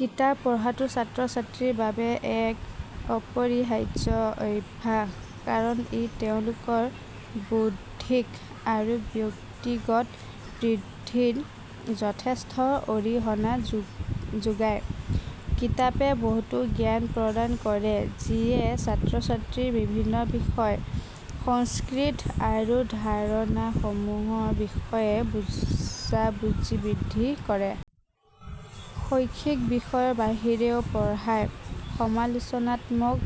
কিতাপ পঢ়াটো ছাত্ৰ-ছাত্ৰীৰ বাবে এক অপৰিহাৰ্য অভ্যাস কাৰণ ই তেওঁলোকৰ বৌদ্ধিক আৰু ব্যক্তিগত বৃদ্ধিত যথেষ্ট অৰিহণা যোগায়। কিতাপে বহুতো জ্ঞান প্ৰদান কৰে যিয়ে ছাত্ৰ-ছাত্ৰীৰ বিভিন্ন বিষয়, সংস্কৃতি আৰু ধাৰণাসমূহৰ বিষয়ে বুজাবুজি বৃদ্ধি কৰে। শৈক্ষিক বিষয়ৰ বাহিৰেও পঢ়াই সমালোচনাত্মক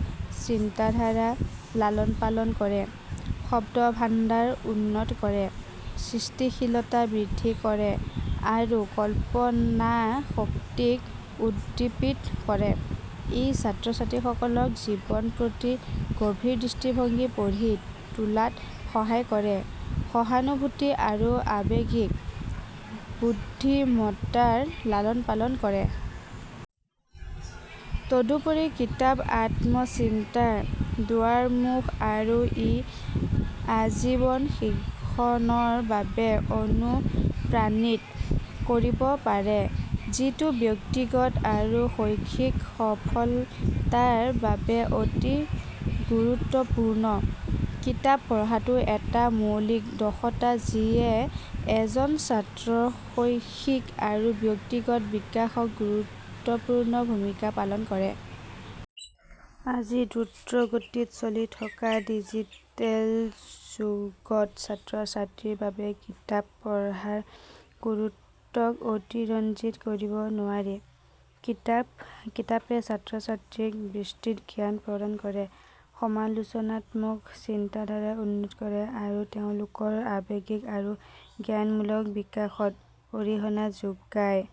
চিন্তাধাৰাক লালন-পালন কৰে, শব্দভাণ্ডাৰ উন্নত কৰে, সৃষ্টিশীলতা বৃদ্ধি কৰে আৰু কল্পনাশক্তিক উদ্দীপিত কৰে। ই ছাত্ৰ-ছাত্ৰীসকলক জীৱনৰ প্ৰতি গভীৰ দৃষ্টিভংগী গঢ়ি তোলাত সহায় কৰে, সহানুভূতি আৰু আৱেগিক বুদ্ধিমত্তাৰ লালন-পালন কৰে। তদুপৰি কিতাপ আত্মচিন্তাৰ দুৱাৰমুখ আৰু ই আজীৱন শিক্ষণৰ বাবে অনুপ্ৰাণিত কৰিব পাৰে, যিটো ব্যক্তিগত আৰু শৈক্ষিক সফলতাৰ বাবে অতি গুৰুত্বপূৰ্ণ। কিতাপ পঢ়াটো এটা মৌলিক দক্ষতা যিয়ে এজন ছাত্ৰৰ শৈক্ষিক আৰু ব্যক্তিগত বিকাশত গুৰুত্বপূৰ্ণ ভূমিকা পালন কৰে। আজিৰ দ্ৰুতগতিত চলি থকা ডিজিটেল যুগত ছাত্ৰ-ছাত্ৰীৰ বাবে কিতাপ পঢ়াৰ গুৰুত্বক অতিৰঞ্জিত কৰিব নোৱাৰি। কিতাপে ছাত্ৰ-ছাত্ৰীক বিস্তৃত জ্ঞান প্ৰদান কৰে, সমালোচনাত্মক চিন্তাধাৰা উন্নত কৰে, আৰু তেওঁলোকৰ আৱেগিক আৰু জ্ঞানমূলক বিকাশত অৰিহণা যোগায়।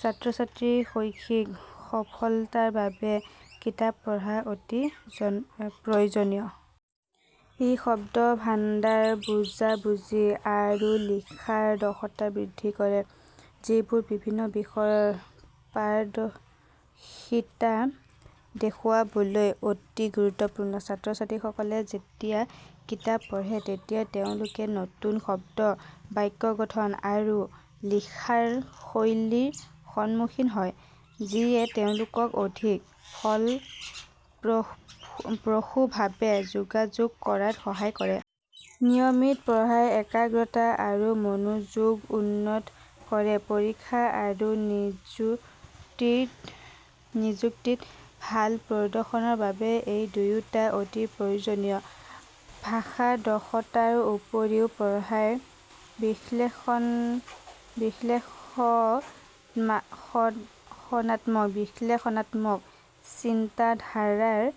ছাত্ৰ-ছাত্ৰীৰ শৈক্ষিক সফলতাৰ বাবে কিতাপ পঢ়া অতি প্ৰয়োজনীয়। ই শব্দভাণ্ডাৰ, বুজাবুজি, আৰু লিখাৰ দক্ষতা বৃদ্ধি কৰে, যিবোৰ বিভিন্ন বিষয়ত পাৰদৰ্শিতা দেখুৱাবলৈ অতি গুৰুত্বপূৰ্ণ। ছাত্ৰ-ছাত্ৰীসকলে যেতিয়া কিতাপ পঢ়ে তেতিয়া তেওঁলোকে নতুন শব্দ, বাক্য গঠন আৰু লিখাৰ শৈলীৰ সন্মুখীন হয়, যিয়ে তেওঁলোকক অধিক ফলপ্ৰসূভাৱে যোগাযোগ কৰাত সহায় কৰে। নিয়মিত পঢ়াই একাগ্ৰতা আৰু মনোযোগো উন্নত কৰে, পৰীক্ষা আৰু নিযুক্তিত ভাল প্ৰদৰ্শনৰ বাবে এই দুয়োটা অতি প্ৰয়োজনীয়। ভাষা দক্ষতাৰ উপৰিও পঢ়াই বিশ্লেষণাত্মক চিন্তাধাৰাৰ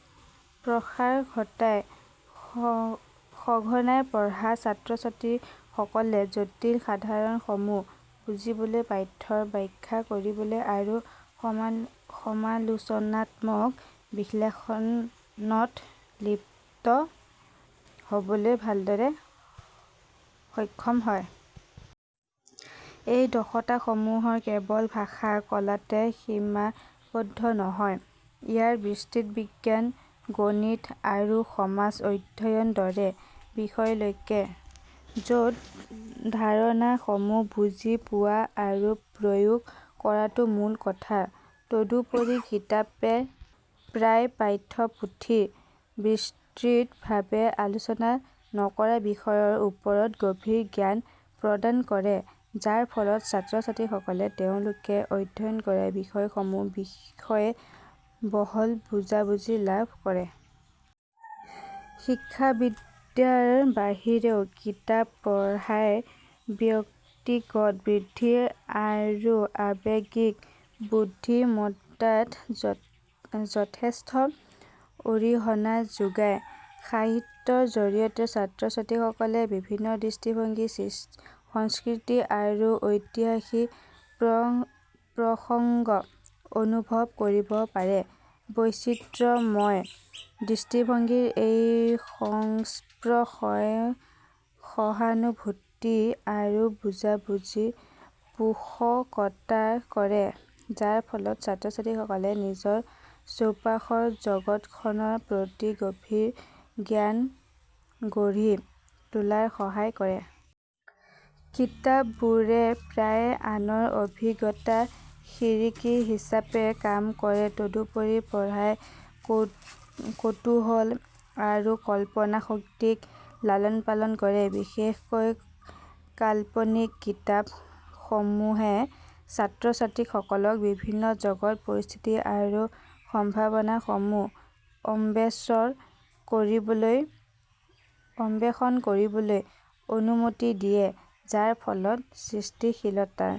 প্ৰসাৰ ঘটায়। সঘনাই পঢ়া ছাত্ৰ-ছাত্ৰীসকলে জটিল ধাৰণাসমূহ বুজিবলৈ, পাঠ্যৰ ব্যাখ্যা কৰিবলৈ আৰু সমালোচনাত্মক বিশ্লেষণত লিপ্ত হ'বলৈ ভালদৰে সক্ষম হয়। এই দক্ষতাসমূহ কেৱল ভাষা কলাতে সীমাবদ্ধ নহয়; ইয়াৰ বিস্তৃত বিজ্ঞান, গণিত, আৰু সমাজ অধ্যয়নৰ দৰে বিষয়লৈকে, য'ত ধাৰণাসমূহ বুজি পোৱা আৰু প্ৰয়োগ কৰাটো মূল কথা। তদুপৰি কিতাপে প্ৰায়ে পাঠ্যপুথিত বিস্তৃতভাৱে আলোচনা নকৰা বিষয়ৰ ওপৰত গভীৰ জ্ঞান প্ৰদান কৰে, যাৰ ফলত ছাত্ৰ-ছাত্ৰীসকলে তেওঁলোকে অধ্যয়ন কৰা বিষয়সমূহৰ বিষয়ে বহল বুজাবুজি লাভ কৰে। শিক্ষাবিদ্যাৰ বাহিৰেও কিতাপ পঢ়াই ব্যক্তিগত বৃদ্ধি আৰু আৱেগিক বুদ্ধিমত্তাত যথেষ্ট অৰিহণা যোগায়। সাহিত্যৰ জৰিয়তে ছাত্ৰ-ছাত্ৰীসকলে বিভিন্ন দৃষ্টিভংগী, সংস্কৃতি, আৰু ঐতিহাসিক প্ৰসংগ অনুভৱ কৰিব পাৰে। বৈচিত্ৰময় দৃষ্টিভংগীৰ এই সংস্পৰ্শই সহানুভূতি আৰু বুজাবুজিৰ পোষকতা কৰে, যাৰ ফলত ছাত্ৰ-ছাত্ৰীসকলে নিজৰ চৌপাশৰ জগতখনৰ প্ৰতি গভীৰ জ্ঞান গঢ়ি তোলাত সহায় কৰে। কিতাপবোৰে প্ৰায়ে আনৰ অভিজ্ঞতাৰ খিৰিকী হিচাপে কাম কৰে। তদুপৰি পঢ়াই কৌতুহল আৰু কল্পনাশক্তিক লালন-পালন কৰে। বিশেষকৈ কাল্পনিক কিতাপসমূহে ছাত্ৰ-ছাত্ৰীসকলক বিভিন্ন জগত, পৰিস্থিতি আৰু সম্ভাৱনাসমূহ অন্বেষণ কৰিবলৈ অনুমতি দিয়ে, যাৰ ফলত সৃষ্টিশীলতাৰ